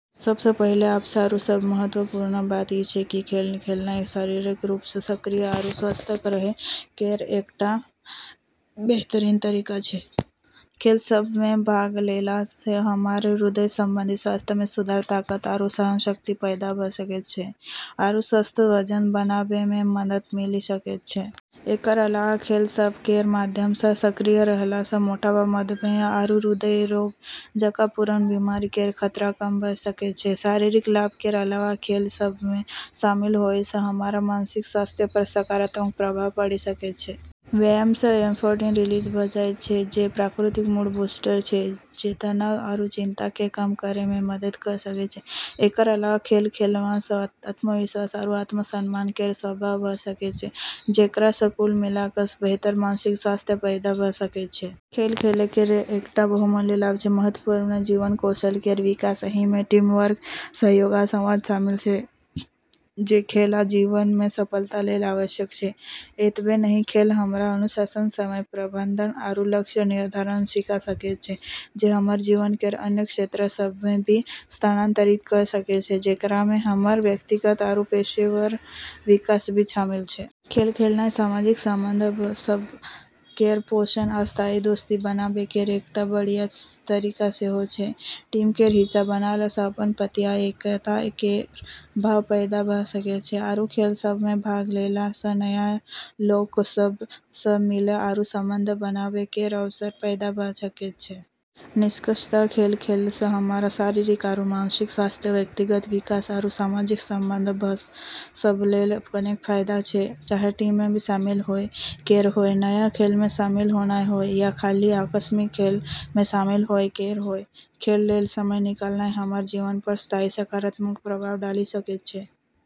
सब सँ पहिले आरू सब सँ महत्वपूर्ण बात ई छै कि खेल खेलनाय शारीरिक रूप सँ सक्रिय आरू स्वस्थ रहै केर एकटा बेहतरीन तरीका छै। खेल सभ मे भाग लेला सँ हमर हृदय संबंधी स्वास्थ्य मे सुधार, ताकत आरू सहनशक्ति पैदा भऽ सकैत छै, आरू स्वस्थ वजन बनाबै मे मदद मिलि सकैत छै। एकर अलावा खेल सभ केर माध्यम सँ सक्रिय रहला सँ मोटापा, मधुमेह, आरू हृदय रोग जकाँ पुरान बीमारी केर खतरा कम भऽ सकैत छै। शारीरिक लाभ केर अलावा खेल सभ मे शामिल होए सँ हमर मानसिक स्वास्थ्य पर सकारात्मक प्रभाव पड़ि सकैत छै। व्यायाम सँ एंडोर्फिन रिलीज भऽ जाइत छै, जे प्राकृतिक मूड-बूस्टर छै जे तनाव आरू चिंता केँ कम करै मे मदद कऽ सकैत छै। एकर अलावा खेल खेलला सँ आत्मविश्वास आरू आत्मसम्मान केर विकास भऽ सकैत छै, जेकरा सँ कुल मिला कऽ बेहतर मानसिक स्वास्थ्य पैदा भऽ सकैत छै। खेल खेलै केर एकटा बहुमूल्य लाभ छै महत्वपूर्ण जीवन कौशल केर विकास। एहि मे टीम वर्क, सहयोग, आ संवाद शामिल छै जे खेल आ जीवन मे सफलता लेल आवश्यक छै। एतबे नहि, खेल हमरा अनुशासन, समय प्रबंधन, आरू लक्ष्य निर्धारण सिखा सकैत छै, जे हमर जीवन केर अन्य क्षेत्र सभ मे भी स्थानांतरित कऽ सकैत छै, जेकरा मे हमर व्यक्तिगत आरू पेशेवर विकास भी शामिल छै। खेल खेलनाय सामाजिक संबंध सभ केर पोषण आ स्थायी दोस्ती बनाबै केर एकटा बढ़िया तरीका सेहो छै। टीम केर हिस्सा बनला सँ अपनपनि आ एकता केर भाव पैदा भऽ सकैत छै, आरू खेल सभ मे भाग लेला सँ नया लोक सभ सँ मिलै आरू संबंध बनाबै केर अवसर पैदा भऽ सकैत छै। निष्कर्षतः, खेल खेलला सँ हमर शारीरिक आरू मानसिक स्वास्थ्य, व्यक्तिगत विकास, आरू सामाजिक संबंध सभ लेल अनेक फायदा छै। चाहे टीम मे शामिल होए केर होय, नया खेल मे शामिल होनाय होय, या खाली आकस्मिक खेल मे शामिल होए केर होय, खेल लेल समय निकालनाय हमर जीवन पर स्थायी सकारात्मक प्रभाव डालि सकैत छै।